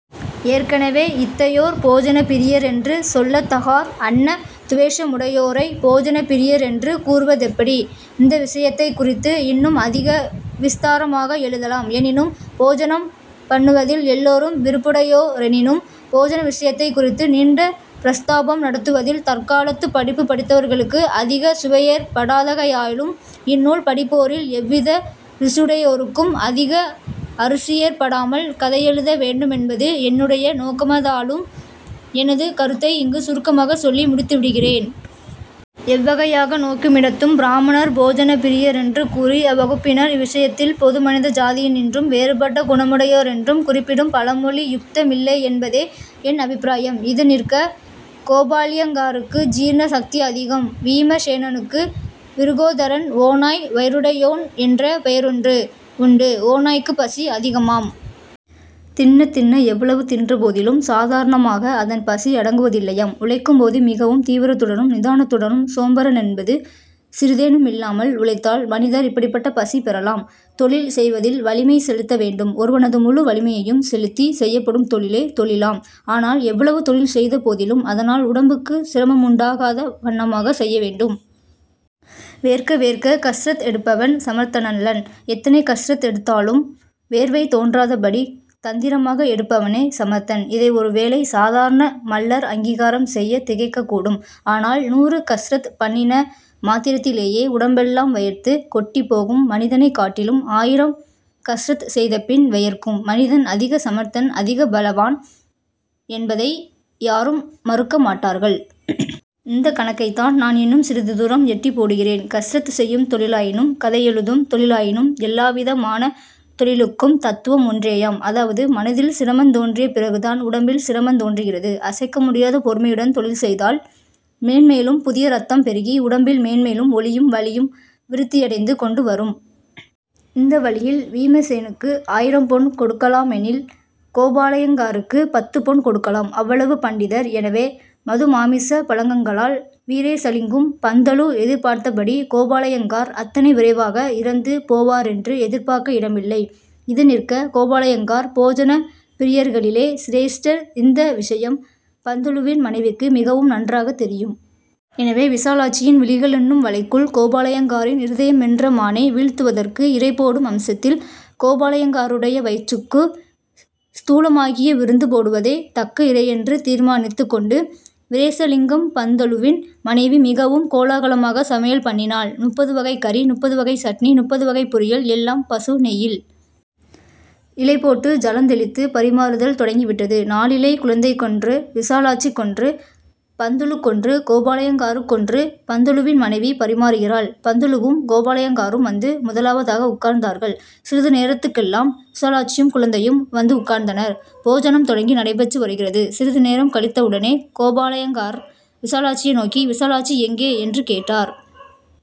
ஏற்கெனவே, இத்தையோர் போஜனப்பிரியர் என்று சொல்லத்தகார். அன்னத் துவேஷமுடையோரை போஜனப்பிரியர் என்று கூறுவதெப்படி? இந்த விஷயத்தைக் குறித்து இன்னும் அதிக விஸ்தாரமாக எழுதலாம். எனினும், போஜனம் பண்ணுவதில் எல்லோரும் விருப்புடையோரெயெனிலும், போஜன விஷயத்தைக் குறித்து நீண்ட பிரஸ்தாபம் நடத்துவதில் தற்காலத்துப் படிப்புப் படித்தவர்களுக்கு அதிகச் சுவையேற்படாதாகையாலும், இந்நூல் படிப்போரில் எவ்வித ருசியுடையோருக்கும் அதிக அருசியேற்படாமல் கதையெழுத வேண்டுமென்பது என்னுடைய நோக்கமாதலாலும் எனது கருத்தை இங்கு சுருக்கமாகச் சொல்லி முடித்துவிடுகிறேன். எவ்வகையாக நோக்குமிடத்தும் பிராமணர் போஜனப்பிரியர் என்று கூறி அவ்வகுப்பினர் இவ்விஷயத்தில் பொது மனித ஜாதியின்றும் வேறுபட்ட குணமுடையோரென்று குறிப்பிடும் பழமொழி யுக்தமில்லையென்பதே என் அபிப்ராயம். இது நிற்க. கோபாலய்யங்காருக்கு ஜீர்ண சக்தி அதிகம். வீமஸேனனுக்கு 'விருகோதரன்' ஓநாய் வயிறுடையோன்-என்ற பெயரொன்று உண்டு. ஓநாய்க்குப் பசி அதிகமாம். தின்னத் தின்ன-எவ்வளவு தின்றபோதிலும்-சாதாரணமாக அதன் பசி அடங்குவதில்லையாம். உழைக்கும்போது மிகவும் தீவிரத்துடனும் நிதானத்துடனும் சோம்பரென்பது சிறிதேனுமில்லாமலும் உழைத்தால், மனிதர் இப்படிப்பட்ட பசி பெறலாம். தொழில் செய்வதில் வலிமை செலுத்த வேண்டும். ஒருவனது முழு வலிமையையும் செலுத்திச் செய்யப்படும் தொழிலே தொழிலாம். ஆனால், எவ்வளவு தொழில் செய்த போதிலும், அதனால் உடம்புக்கு சிரமமுண்டாகாத வண்ணமாகச் செய்யவேண்டும். வேர்க்க வேர்க்க கஸ்ரத் எடுப்பவன் சமர்த்தனல்லன். எத்தனை கஸ்ரத் எடுத்தாலும் வேர்வை தோன்றாதபடி தந்திரமாக எடுப்பவனே சமர்த்தன். இதை ஒரு வேளை சாதாரண மல்லர் அங்கீகாரம் செய்யத் திகைக்கக்கூடும். ஆனால் நூறு கஸ்ரத் பண்ணின மாத்திரத்திலேயே உடம்பெல்லாம் வெயர்த்துக் கொட்டிப் போகும் மனிதனைக் காட்டிலும், ஆயிரம் கஸ்ரத் செய்தபின் வெயர்க்கும் மனிதன் அதிக சமர்த்தன் அதிக பலவான் என்பதை யாரும் மறுக்கமாட்டார்கள். இந்தக் கணக்கைத்தான் நான் இன்னும் சிறிது தூரம் எட்டிப் போடுகிறேன். கஸ்ரத் செய்யும் தொழிலாயினும், கதையெழுதும் தொழிலாயினும்-எல்லாவிதமான தொழிலுக்கும் தத்துவம் ஒன்றேயாம். அதாவது மனதில் சிரமந் தோன்றிய பிறகு தான் உடம்பில் சிரமந் தோன்றுகிறது. அசைக்க முடியாத பொறுமையுடன் தொழில் செய்தால் மேன்மேலும் புதிய ரத்தம் பெருகி, உடம்பில் மேன்மேலும் ஒளியும் வலியும் விருத்தியடைந்து கொண்டு வரும். இந்த வழியில் வீமசேனனுக்கு ஆயிரம் பொன் கொடுக்கலாமென்னில், கோபாலய்யங்காருக்குப் பத்துப் பொன் கொடுக்கலாம். அவ்வளவு பண்டிதர். எனவே மதுமாமிசப் பழக்கங்களால், வீரேசலிங்கம் பந்துலு எதிர்பார்த்தபடி, கோபாலய்யங்கார் அத்தனை விரைவாக இறந்து போவாரென்று எதிர்பார்க்க இடமில்லை. இது நிற்க. கோபாலய்யங்கார் போஜன பிரியர்களிலே சிரேஷ்டர். இந்த விஷயம் பந்துலுவின் மனைவிக்கு மிகவும் நன்றாகத் தெரியும். எனவே, விசாலாட்சியின் விழிகளென்னும் வலைக்குள் கோபாலய்யங்காரின் இருதயமென்ற மானை வீழ்த்துவதற்கு இரை போடும் அம்சத்தில் கோபாலய்யங்காருடைய வயிற்றுக்கு ஸ்தூலமாகிய விருந்து போடுவதே தக்க இரையென்று தீர்மானித்துக் கொண்டு, வீரேசலிங்கம் பந்துலுவின் மனைவி மிகவும் கோலாகலமாகச் சமையல் பண்ணினாள். முப்பது வகைக் கறி; முப்பது வகை சட்டினி; முப்பது வகை பொரியல்;-எல்லாம் பசு நெய்யில். இலை போட்டு ஜலந் தெளித்துப் பரிமாறுதல் தொடங்கிவிட்டது. நாலிலை; குழந்தைக்கொன்று; விசாலாட்சிக்கொன்று; பந்துலுவுக்கொன்று; கோபா-லய்யங்காருக்கொன்று. பந்துலுவின் மனைவி பரிமாறுகிறாள். பந்துலுவும் கோபாலய்யங்காரும் வந்து முதலாவதாக உட்கார்ந்தார்கள். சிறிது நேரத்துக்கெல்லாம் விசாலாட்சியும் குழந்தையும் வந்து உட்கார்ந்தனர். போஜனம் தொடங்கி நடைபெற்று வருகிறது. சிறிது நேரம் கழிந்தவுடனே கோபாலய்யங்கார் விசாலாட்சியை நோக்கி:- ''விசாலாட்சி எங்கே'' என்று கேட்டார்.